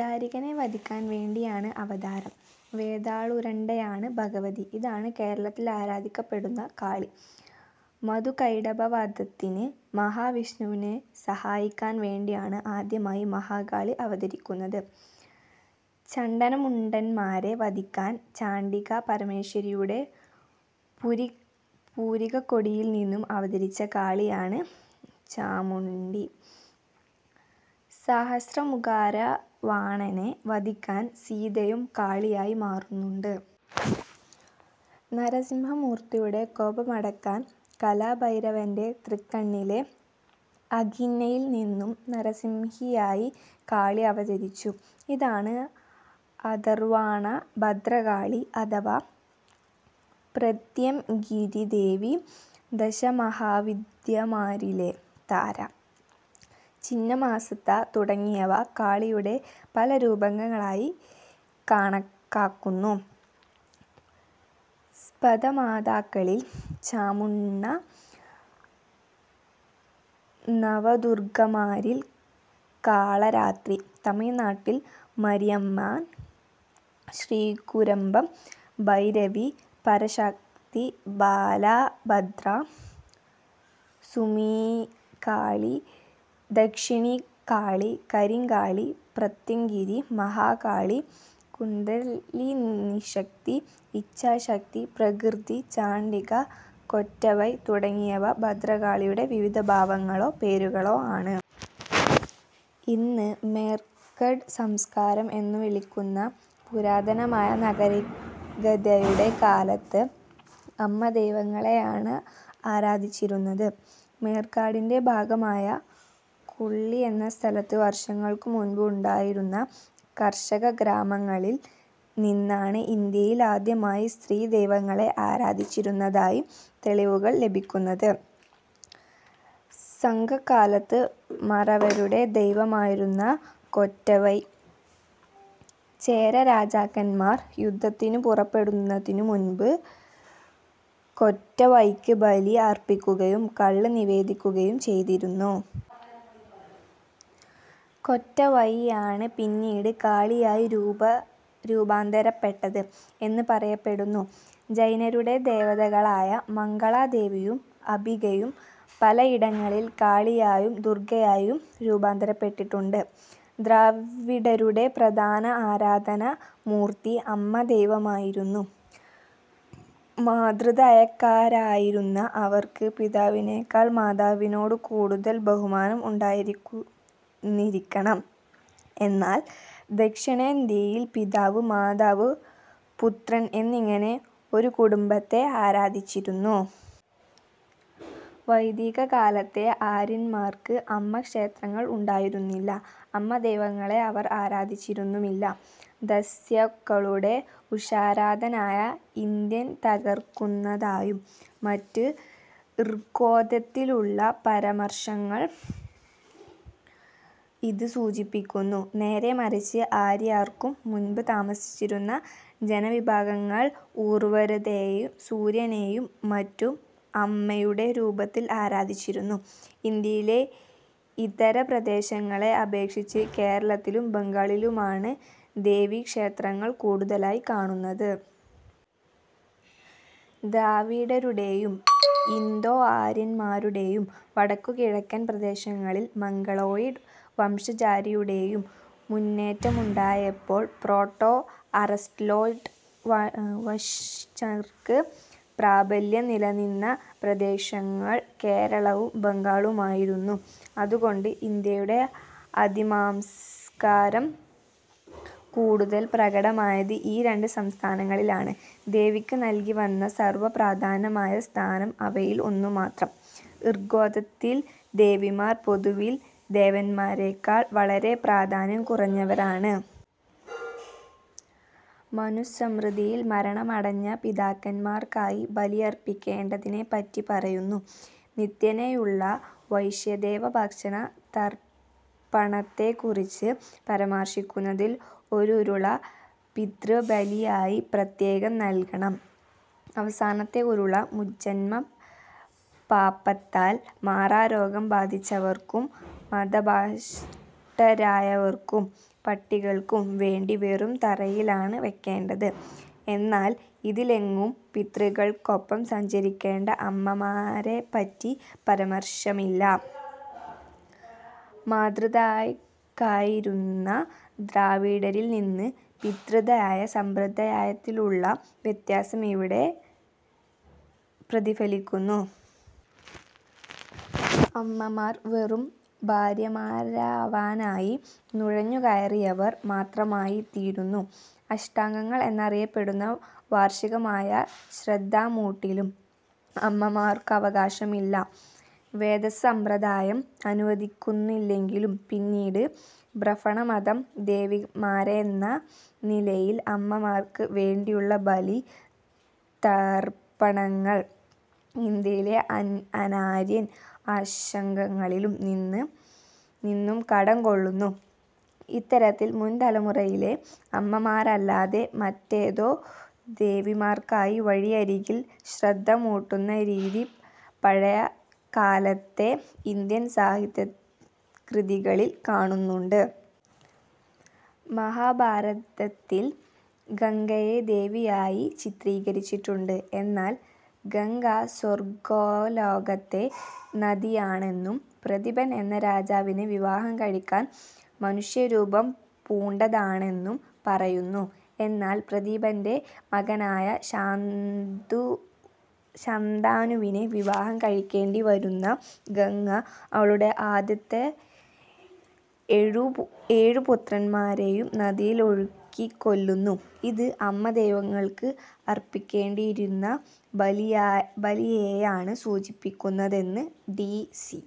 ദാരികനെ വധിക്കാൻ വേണ്ടിയാണ് അവതാരം. വേതാളാരൂഢയാണ് ഭഗവതി. ഇതാണ് കേരളത്തിൽ ആരാധിക്കപ്പെടുന്ന കാളി. മധുകൈടഭ വധത്തിന് മഹാവിഷ്ണുവിനെ സഹായിക്കാൻ വേണ്ടി ആണ് ആദ്യമായി മഹാകാളി അവതരിക്കുന്നത്. ചണ്ഡമുണ്ഡന്മാരെ വധിക്കാൻ ചണ്ഡികാ പരമേശ്വരിയുടെ പുരികക്കൊടിയിൽ നിന്നും അവതരിച്ച കാളികയാണ് "ചാമുണ്ഡി". സഹസ്രമുഖരാവണനെ വധിക്കാൻ സീതയും കാളിയായി മാറുന്നുണ്ട്. നരസിംഹമൂർത്തിയുടെ കോപമടക്കാൻ കാലഭൈരവന്റെ തൃക്കണ്ണിലെ അഗ്നിയിൽ നിന്നും നാരസിംഹിയായി കാളി അവതരിച്ചു. ഇതാണ് അഥർവാണ ഭദ്രകാളി അഥവാ പ്രത്യംഗിരിദേവി. ദശമഹാവിദ്യമാരിലെ താര, ചിന്നമസ്ത തുടങ്ങിയവ കാളിയുടെ പല രൂപങ്ങൾ ആയി കണക്കാക്കുന്നു. സപ്തമാതാക്കളിൽ ചാമുണ്ഡ, നവദുർഗ്ഗമാരിൽ കാളരാത്രി, തമിഴ്നാട്ടിൽ മാരിയമ്മൻ, ശ്രീകുരുംബ, ഭൈരവി, പരാശക്തി, ബാലഭദ്ര, സുമുഖീകാളി, ദക്ഷിണകാളി, കരിംകാളി, പ്രത്യംഗിരി, മഹാകാളി, കുണ്ഡലിനീശക്തി, ഇച്ഛാശക്തി, പ്രകൃതി, ചണ്ഡിക, കൊറ്റവൈ തുടങ്ങിയവ ഭദ്രകാളിയുടെ വിവിധ ഭാവങ്ങളോ പേരുകളോ ആണ്. ഇന്ന് മേർഘഡ് സംസ്കാരം എന്നു വിളിക്കുന്ന പുരാതനമായ നാഗരികതയുടെ കാലത്ത് അമ്മദൈവങ്ങളെയാണ് ആരാധിച്ചിരുന്നത്. മേർഘഡിന്റെ ഭാഗമായ കുള്ളി എന്ന സ്ഥലത്ത് വർഷങ്ങൾക്കു മുൻപ് ഉണ്ടായിരുന്ന കാർഷികഗ്രാമങ്ങളിൽ നിന്നാണ് ഇന്ത്യയിൽ ആദ്യമായി സ്ത്രീ ദൈവങ്ങളെ ആരാധിച്ചിരുന്നതായി തെളിവുകൾ ലഭിക്കുന്നത്. സംഘകാലത്ത് മറവരുടെ ദൈവമായിരുന്നു കൊറ്റവൈ. ചേരരാജാക്കന്മാർ യുദ്ധത്തിനു പുറപ്പെടുന്നതിനു മുൻപ് കൊറ്റവൈക്ക് ബലി അർപ്പിക്കുകയും കള്ള് നിവേദിക്കുകയും ചെയ്തിരുന്നു. കൊറ്റവൈയാണ് പിന്നീട് കാളിയായി രൂപാന്തരപ്പെട്ടത് എന്ന് പറയപ്പെടുന്നു. ജൈനരുടെ ദേവതകളായ മംഗളാ ദേവിയും അംബികയും പലയിടങ്ങളിൽ കാളിയായും ദുർഗ്ഗയായും രൂപാന്തരപ്പെട്ടിട്ടുണ്ട്. ദ്രാവിഡരുടെ പ്രധാന ആരാധനാ മൂർത്തി അമ്മദൈവമായിരുന്നു. മാതൃദായകക്കാരായിരുന്ന അവർക്ക് പിതാവിനേക്കാൾ മാതാവിനോട് കൂടുതൽ ബഹുമാനം ഉണ്ടായിരുന്നിരിക്കണം. എന്നാൽ ദക്ഷിണേന്ത്യയിൽ പിതാവ് മാതാവ് പുത്രൻ എന്നിങ്ങനെ ഒരു കുടുംബത്തെ ആരാധിച്ചിരുന്നു. വൈദികകാലത്തെ ആര്യന്മാർക്ക് അമ്മ ക്ഷേത്രങ്ങൾ ഉണ്ടായിരുന്നില്ല. അമ്മ ദൈവങ്ങളെ അവർ ആരാധിച്ചിരുന്നുമില്ല. ദസ്യുക്കളുടെ ഉഷാരാധനയെ ഇന്ദ്രൻ തകർക്കുന്നതായും മറ്റും ഋഗ്വേദത്തിലുള്ള പരാമർശങ്ങൾ ഇത് സൂചിപ്പിക്കുന്നു. നേരേ മറിച്ച് ആര്യർക്കും മുൻപ് താമസിച്ചിരുന്ന ജനവിഭാഗങ്ങൾ ഉർവരതയേയും സൂര്യനേയും മറ്റും അമ്മയുടെ രൂപത്തിൽ ആരാധിച്ചിരുന്നു. ഇന്ത്യയിലെ ഇതര പ്രദേശങ്ങളെ അപേക്ഷിച്ച് കേരളത്തിലും ബംഗാളിലുമാണ് ദേവിക്ഷേത്രങ്ങൾ കൂടുതലായി കാണുന്നത്. ദ്രാവിഡരുടേയും, ഇന്തോ-ആര്യന്മാരുടേയും, വടക്കു കിഴക്കൻ പ്രദേശങ്ങളിൽ മംഗളോയിഡ് വംശജരുടേയും മുന്നേറ്റമുണ്ടായപ്പോൾ പ്രോട്ടോ ആസ്റ്റ്രലോയ്ഡ് വംശജർക്ക് പ്രാബല്യം നിലനിന്ന പ്രദേശങ്ങൾ കേരളവും ബംഗാളുമായിരുന്നു. അതുകൊണ്ട് ഇന്ത്യയുടെ ആദിമസംസ്കാരം കൂടുതൽ പ്രകടമായത് ഈ രണ്ട് സംസ്ഥാനങ്ങളിലാണ്. ദേവിക്ക് നൽകി വന്ന സർവ്വപ്രധാനമായ സ്ഥാനം അവയിൽ ഒന്നുമാത്രം. ഋഗ്വേദത്തിൽ ദേവിമാർ പൊതുവിൽ ദേവന്മാരേക്കാൾ വളരെ പ്രാധാന്യം കുറഞ്ഞവരാണ്. മനുസ്മൃതിയിൽ മരണമടഞ്ഞ പിതാക്കന്മാർക്കായി ബലിയർപ്പിക്കേണ്ടതിനെപ്പറ്റി പറയുന്നു. നിത്യേനയുള്ള വൈശ്വദേവ ഭക്ഷണ തർപ്പണത്തെക്കുറിച്ച് പരാമർശിക്കുന്നതിൽ ഒരുരുള പിതൃബലിയായി പ്രത്യേകം നൽകണം. അവസനത്തെ ഉരുള മുജ്ജന്മ പാപത്താൽ മാറാരോഗം ബാധിച്ചവർക്കും മതഭ്രഷ്ടരായവർക്കും പട്ടികൾക്കും വേണ്ടി വെറും തറയിലാണ് വെക്കേണ്ടത്. എന്നാൽ ഇതിലെങ്ങും പിതൃക്കൾക്കൊപ്പം സഞ്ചരിക്കേണ്ട അമ്മമാരെപ്പറ്റി പരാമർശമില്ല. മാതൃദായകക്കാരായിരുന്ന ദ്രാവിഡരിൽ നിന്ന് പിതൃദായ സമ്പ്രദായത്തിലേക്കുള്ള വ്യത്യാസം ഇവിടെ പ്രതിഫലിക്കുന്നു. അമ്മമാർ വെറും ഭാര്യമാരാവാനായി നുഴഞ്ഞുകയറിയവർ മാത്രമായിത്തീരുന്നു. അഷ്ടകങ്ങൾ എന്നറിയപ്പെടുന്ന വാർഷികമായ ശ്രാദ്ധമൂട്ടിലും അമ്മമാർക്കവകാശമില്ല. വേദസമ്പ്രദായം അനുവദിക്കുന്നില്ലെങ്കിലും പിന്നീട് ബ്രാഹ്മണമതം ദേവിമാരെന്ന നിലയിൽ അമ്മമാർക്ക് വേണ്ടിയുള്ള ബലി തർപ്പണങ്ങൾ ഇന്ത്യയിലെ അനാര്യൻ അംശങ്ങളിൽ നിന്നും കടം കൊള്ളുന്നു. ഇത്തരത്തിൽ മുൻതലമുറയിലെ അമ്മമാരല്ലാത്ത മറ്റേതോ ദേവിമാർക്കായി വഴിയരികിൽ ശ്രാദ്ധമൂട്ടുന്ന രീതി പഴയകാലത്തെ ഇന്ത്യൻ സാഹിത്യകൃതികളിൽ കാണുന്നുണ്ട്. മഹാഭാരതത്തിൽ ഗംഗയെ ദേവിയായി ചിത്രീകരിച്ചിട്ടുണ്ട്. എന്നാൽ ഗംഗ സ്വർഗ്ഗലോകത്തിലെ നദിയാണെന്നും പ്രദീപൻ എന്ന രാജാവിനെ വിവാഹം കഴിക്കാൻ മനുഷ്യരൂപം പൂണ്ടതാണെന്നും പറയുന്നു. എന്നാൽ പ്രദീപന്റെ മകനായ ശാന്തനുവിനെ വിവാഹം കഴിക്കേണ്ടിവരുന്ന ഗംഗ അവളുടെ ആദ്യത്തെ ഏഴുപുത്രന്മാരേയും നദിയിൽ ഒഴുക്കിക്കൊല്ലുന്നു. ഇത് അമ്മ ദൈവങ്ങൾക്ക് അർപ്പിക്കേണ്ടിയിരുന്ന ബലിയെയാണ് സൂചിപ്പിക്കുന്നതെന്ന് ഡി. സി.